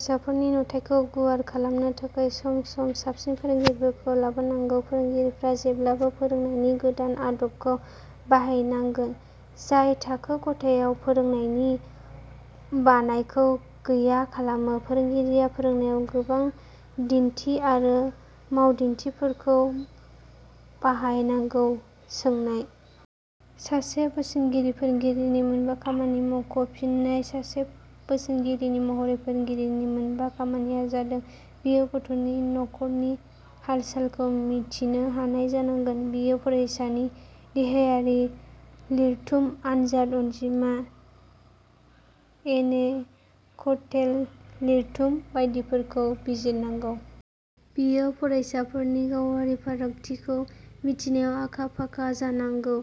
फरायसाफोरनि नुथायखौ गुवार खालामनो थाखै सम सम साबसिन फोरोंगिरिफोरखौ लाबोनांगौ। फोरोंगिरिफ्रा जेब्लाबो फोरोंनायनि गोदान आदबखौ बाहायनांगोन जाय थाखो ख'थायाव फोरोंनायनि बानायखौ गैया खालामो। फोरोंगिरिया फोरोंनायाव गोबां दिन्थि आरो मावदिन्थिफोरखौ बाहाय नांगौ। सोंनाय –. सासे बोसोनगिरि फोरोंगिरिनि मोनबा खामानि मख'। फिन्नाय: सासे बोसोनगिरि महरै फोरोंगिरिनि मोनबा खामानिया जादों बियो गथ 'नि न 'खरनि हालसालखौ मिथिनो हानाय जानांगौ। बियो फरायसानि देहायारि लिरथुम, आनजाद अनजिमा, एनेकदतेल लिरथुम बायदिफोरखौ बिजिरनांगौ। बियो फरायसाफोरनि गावारि फारागथिखौ मिथिनायाव आखा-फाखा जानांगौ।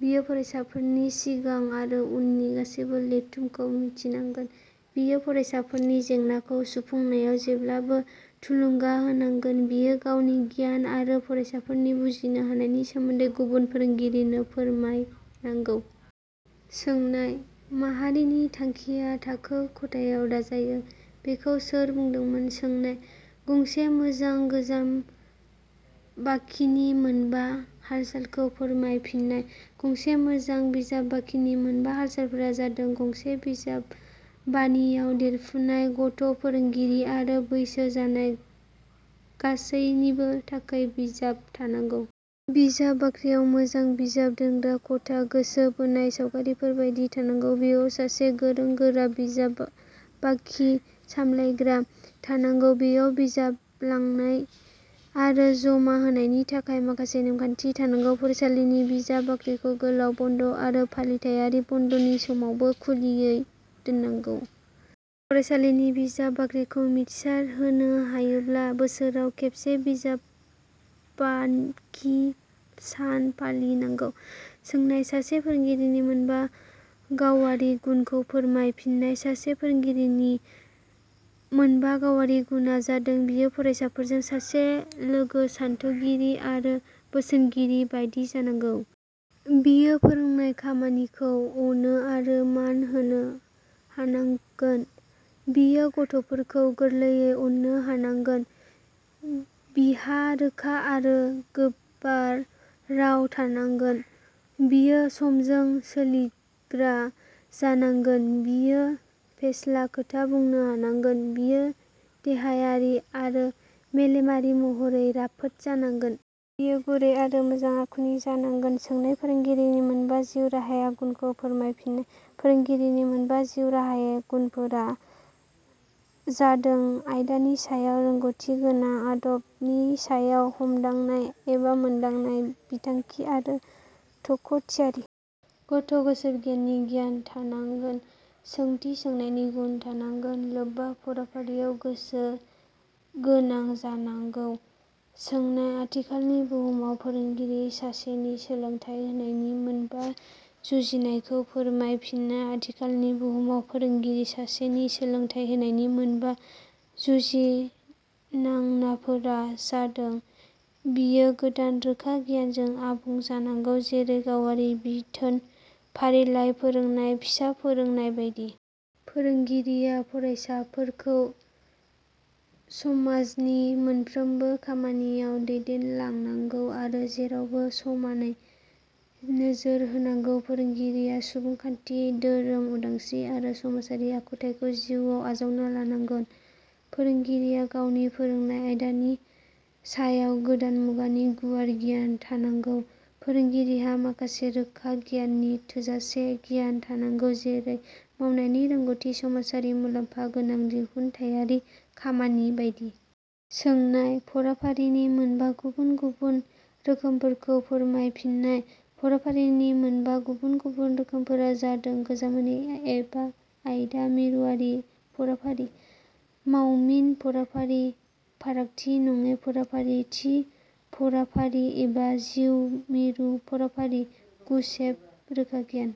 बियो फरायसाफोरनि सिंगां आरो उननि गासैबो लिरथुम खौ मिथिनांगोन। बियो फरायसाफोरनि जेंनाखौ सुफुंनायाव जेब्लाबो थुलुंगा होनांगोन। बियो गावनि गियान आरो फरायसाफोरनि बुजिनो हानायनि सोमोन्दै गुबुन फोरोंगिरिनो फोरमाय नांगौ। सोंनाय –." माहारिनि थांखिया थाखो ख 'थायाव दाजायो" बेखौ सोर बुंदोंमोन? सोंनाय –. गंसे मोजां बिजाब बाखिनि मोनबा हालसालखौ फोरमाय। फिन्नाय: गंसे मोजां बिजाब बाखिनि मोनबा हालसालफोरा जादों- गंसे बिजाब बानियाव देरफुनाय गथ' फोरोंगिरि आरो बैसो जानाय गासैनिबो थाखै बिजाब थानांगौ। बिजाब बाख्रियाव मोजां बिजाब दोनग्रा ख 'था, गोसो बोनाय सावगारिफोर बायदि थानांगौ। बेयाव सासे गोरों-गोरा बिजाब बाखि सामलायग्रा थानांगौ। बेयाव बिजाब लांनाय आरो जमा होनायनि थाखाय माखासे नेमखान्थि थानांगौ। फरायसालिनि बिजाब बाख्रिखौ गोलाव बन्द' आरो फालिथाइयारि बन्द 'नि समावबो खुलायै दोननांगौ। फरायसालिनि बिजाब बाख्रिखौ मिथिसार होना हायोब्ला – बोसोराव खेबसे बिजाब बाखि सान फालि नांगौ। सोंनाय-. सासे फोरोंगिरिनि मोनबा गावारि गुनखौ फोरमाय। फिन्नाय: सासे फोरोंगिरिनि मोनबा गावारि गुना जादों- बियो फरायसाफोरजों सासे लोगो, सानथौगिरि आरो बोसोनगिरि बादि जानांगौ। बियो फोरोंनाय खामानिखौ अननो आरो मान होनो हानांगोन। बियो गथ 'फोरखौ गोरलैयैनो अननो हानांगोन। बिहा रोखा आरो गोबार राव थानांगोन। बियो समजों सीलिग्रा जानांगोन। बियो फेस्ला खोथा बुंनो हानांगोन। बियो देहायारि आरो मेलेमारि महरै राफोद जानांगोन। बियो गुरै आरो मोजां आखुनि जानांगोन। सोंनाय –. फोरोंगिरिनि मोनबा जिउ राहायारि गुनखौ फोरमाय। फिन्नाय: फोरोंगिरिनि मोनबा जिउ राहायारि गुनफोरा जादों- आयदानि सायाव रोंगौथि गोनां। आदबनि सायाव हमदांनाय एबा मोनदांनाय। बिथांखि आरो थाख थियारि। गथ' गोसोबिगियाननि गियान थानांगोन। सौंथि सोंनायनि गुन थानांगोन। लोब्बा फराफारियाव गोसो गोनां जानांगौ। सोनाय-. आथिखालनि बुहुमाव फोरोंगिरि सासेनि सोलोंथाइ होनायनि मोनबा जुजिनायखौ फोरमाय। फिन्नाय: आथिखालनि बुहुमाव फोरोंगिरि सासेनि सोलोंथाइ होनायनि मोनबा जुजिनांनाफोरा जादों – बियो गोदान रोखा गियानजों आबुं जानांगौ जेरै- गावारि बिथोन, फारिलाइ फोरोंनाय, फिसा फोरोंनाय बायदि। फोरोंगिरिया फरायसाफोरखौ समाजनि मोनफ्रोमबो खामानियाव दैदेनलांनांगौ आरो जेरावबो समानै नोजोर होनांगौ। फोरोंगिरिया सुबुंखान्थि, धोरोम उदांस्त्रि आरो समाजारि आखुथाइखौ जिउआव आजावना लानांगोन। फोरोंगिरिया गावनि फोरोंनाय आयदानि सायाव गोदान मुगानि गुवार गियान थानांगौ। फोरोंगिरिहा माखासे रोखा गियाननि थोजासे गियान थानांगौ जेरै- मावनायनि रोंगौथि, समाजआरि मुलाम्फा गोनां दिहुनाथाइयारि खामानि बायदि। सोंनाय –. फाराफारिनि मोनबा गुबुन गुबुन रोखोमफोरखौ फोरमाय। फिन्नाय: फराफारिनि मोनबा गुबुन गुबुन रोखोमफोरा जादों- गोजामारि एबा आयदा मिरुवारि फराफारि। मावमिन फराफारि। फारागथि नङै फराफारि। थि फराफारि एबा जिउ मिरु फराफारि। गुसेब रोखागियान।